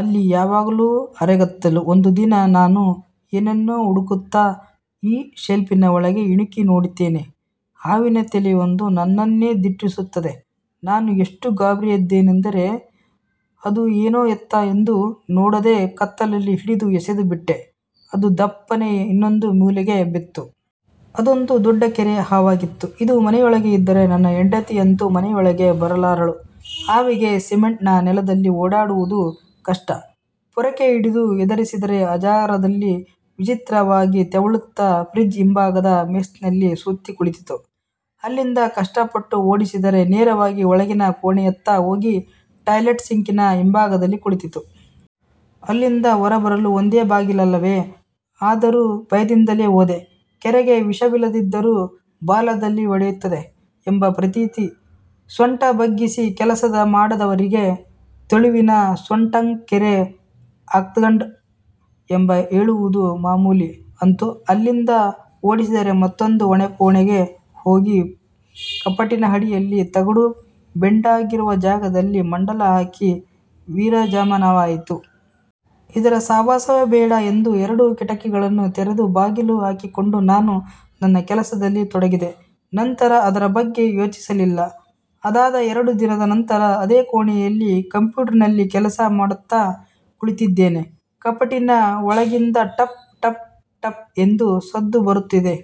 ಅಲ್ಲಿ ಯಾವಾಗಲೂ ಅರೆಗತ್ತಲು. ಒಂದು ದಿನ ನಾನು ಏನನ್ನೋ ಹುಡುಕುತ್ತಾ ಈ ಶೆಲ್ಫಿನ ಒಳಗೆ ಇಣುಕಿ ನೋಡುತ್ತೇನೆ ಹಾವಿನ ತಲೆಯೊಂದು ನನ್ನನ್ನೇ ದಿಟ್ಟಿಸುತ್ತಿದೆ. ನಾನು ಎಷ್ಟು ಗಾಬರಿಬಿದ್ದೆನೆಂದರೆ, ಅದು ಏನು ಎತ್ತ ಎಂದು ನೋಡದೇ ಕತ್ತಲ್ಲಿ ಹಿಡಿದು ಎಸೆದು ಬಿಟ್ಟೆ ಅದು ದೊಪ್ಪನೇ ಇನ್ನೊಂದು ಮೂಲೆಗೆ ಬಿತ್ತು. ಅದೊಂದು ದೊಡ್ಡ ಕೇರೆ ಹಾವಾಗಿತ್ತು. ಇದು ಮನೆಯೊಳಗೆ ಇದ್ದರೆ, ನನ್ನ ಹೆಂಡತಿಯಂತೂ ಮನೆಯೊಳಗೆ ಬರಲಾರಳು! ಹಾವಿಗೆ ಸಿಮೆಂಟ್ ನೆಲದಲ್ಲಿ ಓಡಾಡುವುದು ಕಷ್ಟ. ಪೊರಕೆ ಹಿಡಿದು ಹೆದರಿಸಿದರೆ ಹಜಾರದಲ್ಲಿ ವಿಚಿತ್ರವಾಗಿ ತೆವಳುತ್ತಾ ಫ್ರಿಜ್ಜಿನ ಹಿಂಭಾಗದ ಮೆಷ್ನಲ್ಲಿ ಸುತ್ತಿ ಕುಳಿತಿತು. ಅಲ್ಲಿಂದ ಕಷ್ಟಪಟ್ಟು ಓಡಿಸಿದರೆ ನೇರವಾಗಿ ಒಳಗಿನ ಕೋಣೆಯತ್ತ ಹೋಗಿ ಟಾಯ್ಲೆಟ್ ಸಿಂಕಿನ ಹಿಂಭಾಗದಲ್ಲಿ ಕುಳಿತಿತು. ಅಲ್ಲಿಂದ ಹೊರಬರಲು ಒಂದೇ ಬಾಗಿಲಲ್ಲವೇ ಆದರೂ ಭಯದಿಂದಲೇ ಹೋದೆ. ಕೇರೆಗೆ ವಿಷವಿಲ್ಲದಿದ್ದರೂ ಬಾಲದಲ್ಲಿ ಹೊಡಿಯುತ್ತದೆ ಎಂಬ ಪ್ರತೀತಿ. ಸೊಂಟ ಬಗ್ಗಿಸಿ ಕೆಲಸ ಮಾಡದವರಿಗೆ ತುಳುವಿನಲ್ಲಿ ''ಸೊಂಟೊಗ್ ಕೇರೆ ಆಕ್ದ್ಂಡಾ? '' ಎಂದು ಕೇಳುವುದು ಮಾಮೂಲಿ. ಅಂತೂ ಅಲ್ಲಿಂದ ಓಡಿಸಿದರೆ ಮತ್ತೊಂದು ಒಳಕೋಣೆಗೆ ಹೋಗಿ ಕಪಾಟಿನ ಅಡಿಯಲ್ಲಿ ತಗಡು ಬೆಂಡಾಗಿರುವ ಜಾಗದಲ್ಲಿ ಮಂಡಲ ಹಾಕಿ ವಿರಾಜಮಾನವಾಯಿತು. ಇದರ ಸಹವಾಸವೇ ಬೇಡ ಎಂದು ಎರಡೂ ಕಿಟಕಿಗಳನ್ನು ತೆರೆದು ಬಾಗಿಲು ಹಾಕಿಕೊಂಡು ನಾನು ನನ್ನ ಕೆಲಸದಲ್ಲಿ ತೊಡಗಿದೆ. ನಂತರ ಅದರ ಬಗ್ಗೆ ಯೋಚಿಸಲಿಲ್ಲ. ಇದಾದ ಎರಡು ದಿನಗಳ ನಂತರ ಅದೇ ಕೋಣೆಯಲ್ಲಿ ಕಂಪ್ಯೂಟರ್ನಲ್ಲಿ ಕೆಲಸ ಮಾಡುತ್ತಾ ಕುಳಿತಿದ್ದೇನೆ. ಕಪಾಟಿನ ಒಳಗಿಂದ ಟಪ್ ಟಪ್ ಟಪ್ ಎಂದು ಸದ್ದು ಬರುತ್ತಿದೆ.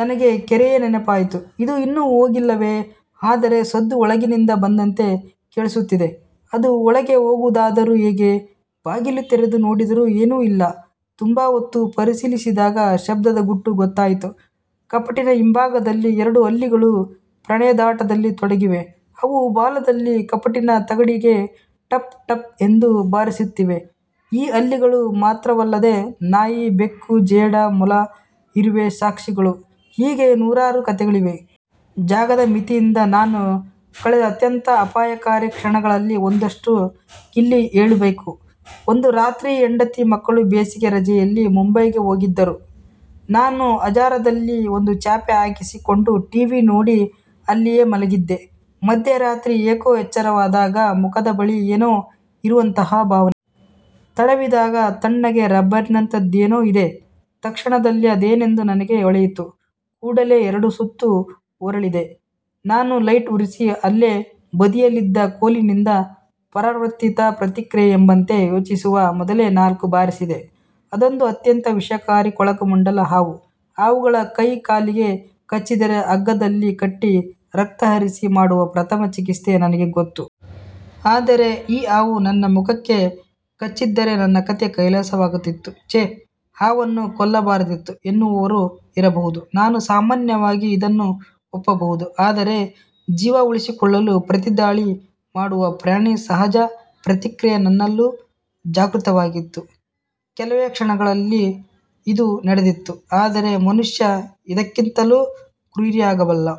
ನನಗೆ ಕೇರೆಯ ನೆನಪಾಯಿತು. ಇದು ಇನ್ನೂ ಹೋಗಿಲ್ಲವೇ ಆದರೆ ಸದ್ದು ಒಳಗಿನಿಂದ ಬಂದಂತೆ ಕೇಳಿಸುತ್ತಿದೆ. ಅದು ಒಳಗೆ ಹೋಗುವುದಾದರೂ ಹೇಗೆ? ಬಾಗಿಲು ತೆರೆದು ನೋಡಿದರೂ ಏನೂ ಇಲ್ಲ ತುಂಬಾ ಹೊತ್ತು ಪರಿಶೀಲಿಸಿದಾಗ ಶಬ್ದದ ಗುಟ್ಟು ಗೊತ್ತಾಯಿತು. ಕಪಾಟಿನ ಹಿಂಭಾಗದಲ್ಲಿ ಎರಡು ಹಲ್ಲಿಗಳು ಪ್ರಣಯದಾಟದಲ್ಲಿ ತೊಡಗಿವೆ. ಅವು ಬಾಲದಲ್ಲಿ ಕಪಾಟಿನ ತಗಡಿಗೆ ಟಪ್ ಟಪ್ ಎಂದು ಬಾರಿಸುತ್ತಿವೆ ಈ ಹಲ್ಲಿಗಳು ಮಾತ್ರವಲ್ಲದೆ ನಾಯಿ, ಬೆಕ್ಕು, ಜೇಡ, ಮೊಲ, ಇರುವೆ, ಪಕ್ಷಿಗಳು- ಹೀಗೆ ನೂರಾರು ಕತೆಗಳಿವೆ. ಜಾಗದ ಮಿತಿಯಿಂದ ನಾನು ಕಳೆದ ಅತ್ಯಂತ ಅಪಾಯಕಾರಿ ಕ್ಷಣಗಳಲ್ಲಿ ಒಂದಷ್ಟು ಇಲ್ಲಿ ಹೇಳಬೇಕು. ಒಂದು ರಾತ್ರಿ ಹೆಂಡತಿ ಮಕ್ಕಳು ಬೇಸಿಗೆ ರಜೆಯಲ್ಲಿ ಮುಂಬೈಗೆ ಹೋಗಿದ್ದರು. ನಾನು ಹಜಾರದಲ್ಲಿ ಒಂದು ಚಾಪೆ ಹಾಸಿಕೊಂಡು ಟಿ. ವಿ. ನೋಡಿ ಅಲ್ಲಿಯೇ ಮಲಗಿದ್ದೆ. ಮಧ್ಯರಾತ್ರಿ ಏಕೋ ಎಚ್ಚರವಾದಾಗ ಮುಖದ ಬಳಿಯೇ ಏನೋ ಇರುವಂತಹ ಭಾವನೆ. ತಡವಿದಾಗ ತಣ್ಣಗೆ ರಬ್ಬರಿನಂತಹದ್ದೇನೋ ಇದೆ ಕ್ಷಣದಲ್ಲೇ ಅದೇನೆಂದು ನನಗೆ ಹೊಳೆಯಿತು. ಕೂಡಲೇ ಎರಡು ಸುತ್ತು ಹೊರಳಿದ ನಾನು ಲೈಟ್ ಉರಿಸಿ, ಅಲ್ಲೇ ಬದಿಯಲ್ಲಿ ಇದ್ದ ಕೋಲಿನಿಂದ ಪರಾವರ್ತಿತ ಪ್ರತಿಕ್ರಿಯೆ ಎಂಬಂತೆ, ಯೋಚಿಸುವ ಮೊದಲೇ ನಾಲ್ಕು ಬಾರಿಸಿದೆ. ಅದೊಂದು ಅತ್ಯಂತ ವಿಷಕಾರಿ ಕೊಳಕು ಮಂಡಲ ಹಾವು. ಹಾವುಗಳು ಕೈ ಕಾಲಿಗೆ ಕಚ್ಚಿದರೆ ಹಗ್ಗದಲ್ಲಿ ಕಟ್ಟಿ, ರಕ್ತ ಹರಿಸಿ ಮಾಡುವ ಪ್ರಥಮ ಚಿಕಿತ್ಸೆ ನನಗೆ ಗೊತ್ತು. ಆದರೆ ಈ ಹಾವು ನನ್ನ ಮುಖಕ್ಕೆ ಕಚ್ಚದ್ದರೆ ನನ್ನ ಕತೆ ಕೈಲಾಸವಾಗುತ್ತಿತ್ತು. ಛೇ ಹಾವನ್ನು ಕೊಲ್ಲಬಾರದಿತ್ತು ಎನ್ನುವವರು ಇರಬಹುದು. ನಾನು ಸಾಮಾನ್ಯವಾಗಿ ಇದನ್ನು ಒಪ್ಪಬಹುದು. ಆದರೆ, ಜೀವ ಉಳಿಸಿಕೊಳ್ಳಲು ಪ್ರತಿದಾಳಿ ಮಾಡುವ ಪ್ರಾಣಿ ಸಹಜ ಪ್ರತಿಕ್ರಿಯೆ ನನ್ನಲ್ಲೂ ಜಾಗೃತವಾಗಿತ್ತು. ಕೆಲವೇ ಕ್ಷಣಗಳಲ್ಲಿ ಇದು ನಡೆದಿತ್ತು. ಆದರೆ ಮನುಷ್ಯ ಇದಕ್ಕಿಂತಲೂ ಕ್ರೂರಿಯಾಗಬಲ್ಲ.